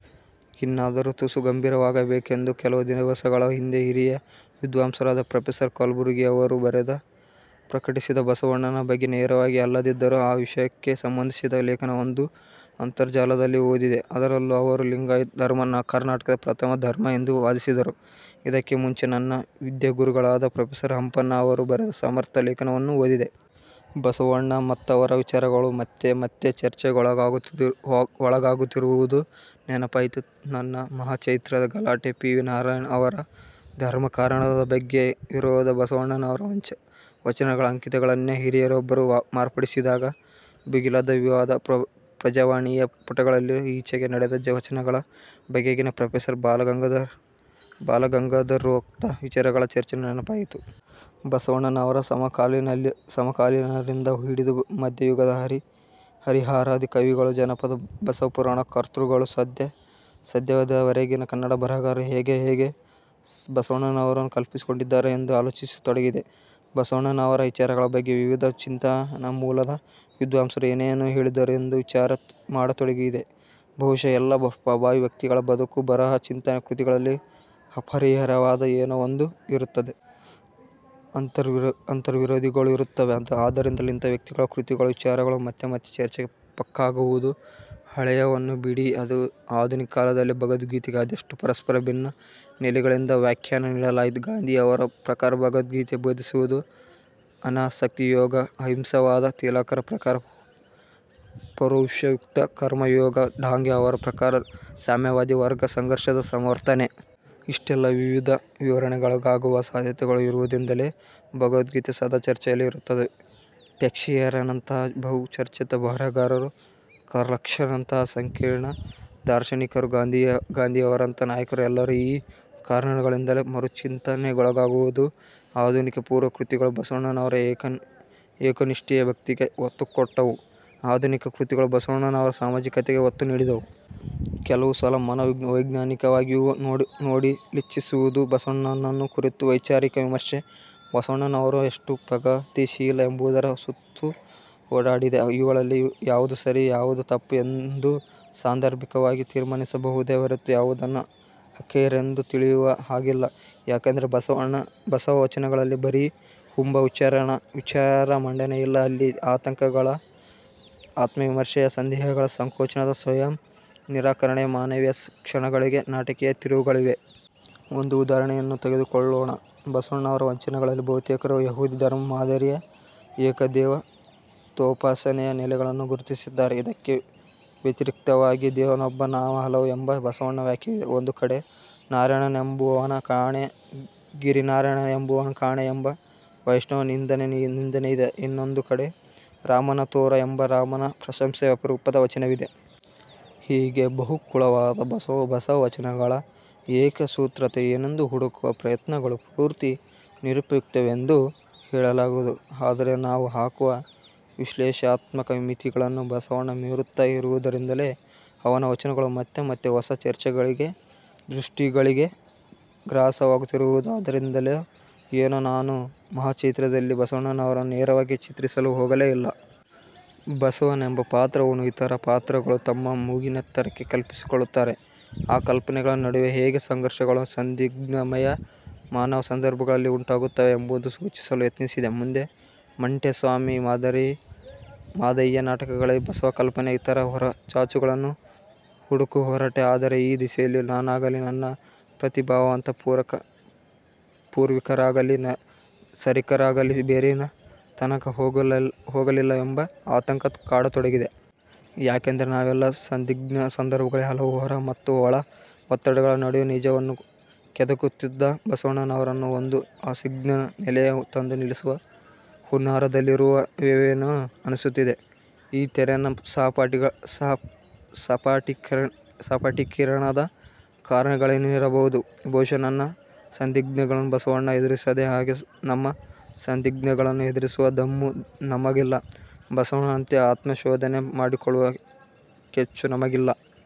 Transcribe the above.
ಇನ್ನಾದರೂ ತುಸು ಗಂಭೀರವಾಗಬೇಕೆಂದು ಕೆಲವು ದಿವಸಗಳ ಹಿಂದೆ ಹಿರಿಯ ವಿದ್ವಾಂಸರಾದ ಪ್ರೊಫೆಸರ್ ಕಲಬುರ್ಗಿಯವರು ಬರೆದು ಪ್ರಕಟಿಸಿದ್ದ ಬಸವಣ್ಣನ ಬಗ್ಗೆ ನೇರವಾಗಿ ಅಲ್ಲದಿದ್ದರೂ ಆ ವಿಷಯಕ್ಕೇ ಸಂಬಂಧಿಸಿದ ಲೇಖನವೊಂದನ್ನು ಅಂತರ್ಜಾಲದಲ್ಲಿ ಓದಿದೆ. ಅದರಲ್ಲಿ ಅವರು ಲಿಂಗಾಯತ ಧರ್ಮ ಕರ್ನಾಟಕದ ಪ್ರಥಮ ಧರ್ಮ ಎಂದು ವಾದಿಸಿದ್ದರು. ಇದಕ್ಕೆ ಮುಂಚೆ ನನ್ನ ವಿದ್ಯಾಗುರುಗಳಾದ ಪ್ರೊಫೆಸರ್ ಹಂಪನಾ ಅವರು ಬರೆದ ಸಮರ್ಥ ಲೇಖನವನ್ನೂ ಓದಿದೆ. ಬಸವಣ್ಣ ಮತ್ತವರ ವಿಚಾರಗಳು ಮತ್ತೆ ಮತ್ತೆ ಚರ್ಚೆಗೊಳಗಾಗುತ್ತಿರುವುದು ನೆನಪಾಯಿತು. ನನ್ನ 'ಮಹಾಚೈತ್ರ'ದ ಗಲಾಟೆ, ಪಿ. ವಿ. ನಾರಾಯಣ ಅವರ 'ಧರ್ಮಕಾರಣ'ದ ಬಗ್ಗೆ ಎದ್ದ ವಿರೋಧ, ಬಸವಣ್ಣನವರ ವಚನಗಳ ಅಂಕಿತಗಳನ್ನೇ ಹಿರಿಯರೊಬ್ಬರು ಮಾರ್ಪಡಿಸಿದಾಗ ಭುಗಿಲೆದ್ದ ವಿವಾದ, 'ಪ್ರಜಾವಾಣಿ'ಯ ಪುಟಗಳಲ್ಲಿ ಈಚೆಗೆ ನಡೆದ ವಚನಗಳ ಬಗೆಗಿನ ಪ್ರೊಫೆಸರ್ ಬಾಲಗಂಗಾಧರೋಕ್ತ ವಿಚಾರಗಳ ಚರ್ಚೆ ನೆನಪಾಯಿತು. ಬಸವಣ್ಣನವರ ಸಮಕಾಲೀನರಿಂದ ಹಿಡಿದು ಮಧ್ಯಯುಗದ ಹರಿಹರಾದಿ ಕವಿಗಳು ಜನಪದ ಬಸವಪುರಾಣ ಕರ್ತೃಗಳು ಸದ್ಯದವರೆಗಿನ ಕನ್ನಡ ಬರಹಗಾರರು ಹೇಗೆ ಹೇಗೆ ಬಸವಣ್ಣನವರನ್ನು ಕಲ್ಪಿಸಿಕೊಂಡಿದ್ದಾರೆ ಎಂದು ಆಲೋಚಿಸತೊಡಗಿದೆ. ಬಸವಣ್ಣನವರ ವಿಚಾರಗಳ ಬಗ್ಗೆ ವಿವಿಧ ಚಿಂತನಾಮೂಲದ ವಿದ್ವಾಂಸರು ಏನೇನು ಹೇಳಿದ್ದಾರೆ ಎಂದು ವಿಚಾರ ಮಾಡತೊಡಗಿದೆ. ಬಹುಶಃ ಎಲ್ಲ ಪ್ರಭಾವಿ ವ್ಯಕ್ತಿಗಳ ಬದುಕು, ಬರಹ, ಚಿಂತನೆ, ಕೃತಿಗಳಲ್ಲಿ ಅಪರಿಹಾರ್ಯವಾದ ಏನೋ ಒಂದು ಇರುತ್ತದೆ. ಅಂತರ್ವಿರೋಧಗಳೂ ಇರುತ್ತವೆ. ಆದ್ದರಿಂದಲೇ ಇಂಥ ವ್ಯಕ್ತಿಗಳು, ಕೃತಿಗಳು, ವಿಚಾರಗಳು ಮತ್ತೆ ಮತ್ತೆ ಚರ್ಚೆಗೆ ಪಕ್ಕಾಗುವುದು. ಹಳೆಯವನ್ನು ಬಿಡಿ, ಆಧುನಿಕ ಕಾಲದಲ್ಲೇ 'ಭಗವದ್ಗೀತೆ'ಗೆ ಅದೆಷ್ಟು ಪರಸ್ಪರ ಭಿನ್ನ ನೆಲೆಗಳಿಂದ ವ್ಯಾಖ್ಯಾನ ನೀಡಲಾಯಿತು? ಗಾಂಧಿಯವರ ಪ್ರಕಾರ 'ಭಗವದ್ಗೀತೆ' ಬೋಧಿಸುವುದು ಅನಾಸಕ್ತಿಯೋಗ, ಅಹಿಂಸಾವಾದ, ತಿಲಕರ ಪ್ರಕಾರ ಪೌರುಷಯುಕ್ತಕರ್ಮಯೋಗ, ಡಾಂಗೆ ಅವರ ಪ್ರಕಾರ ಸಾಮ್ಯವಾದಿ ವರ್ಗ ಸಂಘರ್ಷದ ಸಮರ್ಥನೆ. ಇಷ್ಟೆಲ್ಲಾ ವಿವಿಧ ವಿವರಣೆಗೊಳಗಾಗುವ ಸಾಧ್ಯತೆಗಳು ಇರುವುದರಿಂದಲೇ 'ಭಗವದ್ಗೀತೆ' ಸದಾ ಚರ್ಚೆಯಲ್ಲಿ ಇರುತ್ತದೆ. ಷೇಕ್ಸ್ಪಿಯರನಂಥ ಬಹುಚರ್ಚಿತ ಬರಹಗಾರರು, ಕಾರ್ಲ್ಮಾರ್ಕ್ಸ್ನಂಥ ಸಂಕೀರ್ಣ ದಾರ್ಶನಿಕರು, ಗಾಂಧಿಯವರಂಥ ನಾಯಕರು ಎಲ್ಲರೂ ಈ ಕಾರಣಗಳಿಂದಲೇ ಮರುಚಿಂತನೆಗೊಳಗಾಗುವುದು. ಆಧುನಿಕಪೂರ್ವ ಕೃತಿಗಳು ಬಸವಣ್ಣನವರ ಏಕೋನಿಷ್ಠೆಯ ಭಕ್ತಿಗೆ ಒತ್ತುಕೊಟ್ಟವು; ಆಧುನಿಕ ಕೃತಿಗಳು ಬಸವಣ್ಣನವರ ಸಾಮಾಜಿಕತೆಗೆ ಒತ್ತು ನೀಡಿದವು. ಕೆಲವು ಸಲ ಮನೋವೈಜ್ಞಾನಿಕವಾಗಿಯೂ ನೋಡಲಿಚ್ಛಿಸಿದವು. ಬಸವಣ್ಣನನ್ನು ಕುರಿತ ವೈಚಾರಿಕ ವಿಮರ್ಶೆ ಬಸವಣ್ಣನವರು ಎಷ್ಟು 'ಪ್ರಗತಿಶೀಲ' ಎಂಬುದರ ಸುತ್ತ ಓಡಾಡಿದೆ. ಇವುಗಳಲ್ಲಿ ಯಾವುದು ಸರಿ ಯಾವುದು ತಪ್ಪು ಎಂದು ಸಾಂದರ್ಭಿಕವಾಗಿ ತೀರ್ಮಾನಿಸಬಹುದೆ ಹೊರತು ಯಾವುದನ್ನೂ ಆಖೈರೆಂದು ತಿಳಿಯುವ ಹಾಗಿಲ್ಲ. ಯಾಕೆಂದರೆ ಬಸವ ವಚನಗಳಲ್ಲಿ ಬರೀ ಹುಂಬ ವಿಚಾರಮಂಡನೆಯಿಲ್ಲ; ಅಲ್ಲಿ ಆತಂಕಗಳ, ಆತ್ಮವಿಮರ್ಶೆಯ, ಸಂದೇಹಗಳ, ಸಂಕೋಚದ, ಸ್ವಯಂನಿರಾಕರಣೆಯ ಮಾನವೀಯ ಕ್ಷಣಗಳಿವೆ, ನಾಟಕೀಯ ತಿರುವುಗಳಿವೆ. ಒಂದು ಉದಾಹರಣೆಯನ್ನು ತೆಗೆದುಕೊಳ್ಳೋಣ. ಬಸವಣ್ಣನವರ ವಚನಗಳಲ್ಲಿ ಬಹುತೇಕರು ಯಹೂದಿ ಧರ್ಮ ಮಾದರಿಯ ಏಕದೇವತೋಪಾಸನೆಯ ನೆಲೆಗಳನ್ನು ಗುರುತಿಸಿದ್ದಾರೆ. ಇದಕ್ಕೆ ವ್ಯತಿರಿಕ್ತವಾಗಿ 'ದೇವನೊಬ್ಬ, ನಾಮ ಹಲವು' ಎಂಬ ಬಸವ ವಾಕ್ಯವಿದೆ. ಒಂದು ಕಡೆ 'ನಾರಾಯಣನೆಂಬುವನ ಕಾಣೆ, ಗೀರಾಯಣನೆಂಬುವನ ಕಾಣೆ' ಎಂಬ ವೈಷ್ಣವ ನಿಂದನೆಯಿದೆ. ಇನ್ನೊಂದು ಕಡೆ 'ರಾಮನ ತೋರಾ' ಎಂಬ ರಾಮನ ಪ್ರಶಂಸೆಯ ಅಪರೂಪದ ವಚನವಿದೆ. ಹೀಗೆ ಬಹುಕುಳವಾದ ಬಸವವಚನಗಳ ಏಕಸೂತ್ರತೆ ಏನೆಂದು ಹುಡುಕುವ ಪ್ರಯತ್ನಗಳು ಪೂರ್ತಿ ನಿರುಪಯುಕ್ತವೆಂದು ಹೇಳಲಾಗದು. ಆದರೆ ನಾವು ಹಾಕುವ ವಿಶ್ಲೇಷಣಾತ್ಮಕ ಮಿತಿಗಳನ್ನು ಬಸವಣ್ಣ ಮೀರುತ್ತ ಇರುವುದರಿಂದಲೇ ಅವನ ವಚನಗಳು ಮತ್ತೆ ಮತ್ತೆ ಹೊಸ ಚರ್ಚೆಗಳಿಗೆ, ದೃಷ್ಟಿಗಳಿಗೆ ಗ್ರಾಸವಾಗುತ್ತಿರುವುದು. ಆದ್ದರಿಂದಲೋ ಏನೋ ನಾನು 'ಮಹಾಚೈತ್ರ'ದಲ್ಲಿ ಬಸವಣ್ಣನವರನ್ನು ನೇರವಾಗಿ ಚಿತ್ರಿಸಲು ಹೋಗಲೇ ಇಲ್ಲ. ಬಸವನೆಂಬ ಪಾತ್ರವನ್ನು ಇತರ ಪಾತ್ರಗಳು ತಮ್ಮ ಮೂಗಿನೆತ್ತರಕ್ಕೆ ಕಲ್ಪಿಸಿಕೊಳ್ಳುತ್ತಾರೆ, ಆ ಕಲ್ಪನೆಗಳ ನಡುವೆ ಹೇಗೆ ಸಂಘರ್ಷಗಳು ಸಂದಿಗ್ಧಮಯ ಮಾನವ ಸಂದರ್ಭಗಳಲ್ಲಿ ಉಂಟಾಗುತ್ತವೆ ಎಂಬುದನ್ನು ಸೂಚಿಸಲು ಯತ್ನಿಸಿದೆ. ಮುಂದೆ 'ಮಂಟೇಸ್ವಾಮಿ', 'ಮಾದಾರಿ ಮಾದಯ್ಯ' ನಾಟಕಗಳಲ್ಲಿ ಬಸವಕಲ್ಪನೆಯ ಇತರ ಹೊರಚಾಚುಗಳನ್ನು ಹುಡುಕ ಹೊರಟೆ. ಆದರೆ ಈ ದಿಸೆಯಲ್ಲಿ ನಾನಾಗಲೀ ನನ್ನ ಪ್ರತಿಭಾವಂತ ಪೂರ್ವಿಕರಾಗಲಿ ಸರೀಕರಾಗಲಿ ಬೇರಿನ ತನಕ ಹೋಗಲಿಲ್ಲವೆಂಬ ಆತಂಕ ಕಾಡತೊಡಗಿದೆ. ಯಾಕೆಂದರೆ ನಾವೆಲ್ಲ ಸಂದಿಗ್ಧ ಸಂದರ್ಭಗಳಲ್ಲಿ ಹಲವು ಹೊರ ಮತ್ತು ಒಳ ಒತ್ತಡಗಳ ನಡುವೆ ನಿಜವನ್ನು ಕೆದಕುತ್ತಿದ್ದ ಬಸವಣ್ಣನವರನ್ನು ಒಂದು ಅಸಂದಿಗ್ಧ ನೆಲೆಗೆ ತಂದು ನಿಲ್ಲಿಸುವ ಹುನ್ನಾರದಲ್ಲಿರುವೆವೇನೋ ಅನಿಸುತ್ತಿದೆ. ಈ ತೆರನ ಸಪಾಟೀಕರಣದ ಕಾರಣಗಳೇನಿರಬಹುದು? ಬಹುಶಃ ತನ್ನ ಸಂದಿಗ್ಧಗಳನ್ನು ಬಸವಣ್ಣ ಎದುರಿಸಿದ ಹಾಗೆ ನಮ್ಮ ಸಂದಿಗ್ಧಗಳನ್ನು ಎದುರಿಸುವ ದಮ್ಮು ನಮಗಿಲ್ಲ. ಬಸವಣ್ಣನಂತೆ ಆತ್ಮಶೋಧನೆ ಮಾಡಿಕೊಳ್ಳುವ ಕೆಚ್ಚು ನಮಗಿಲ್ಲ.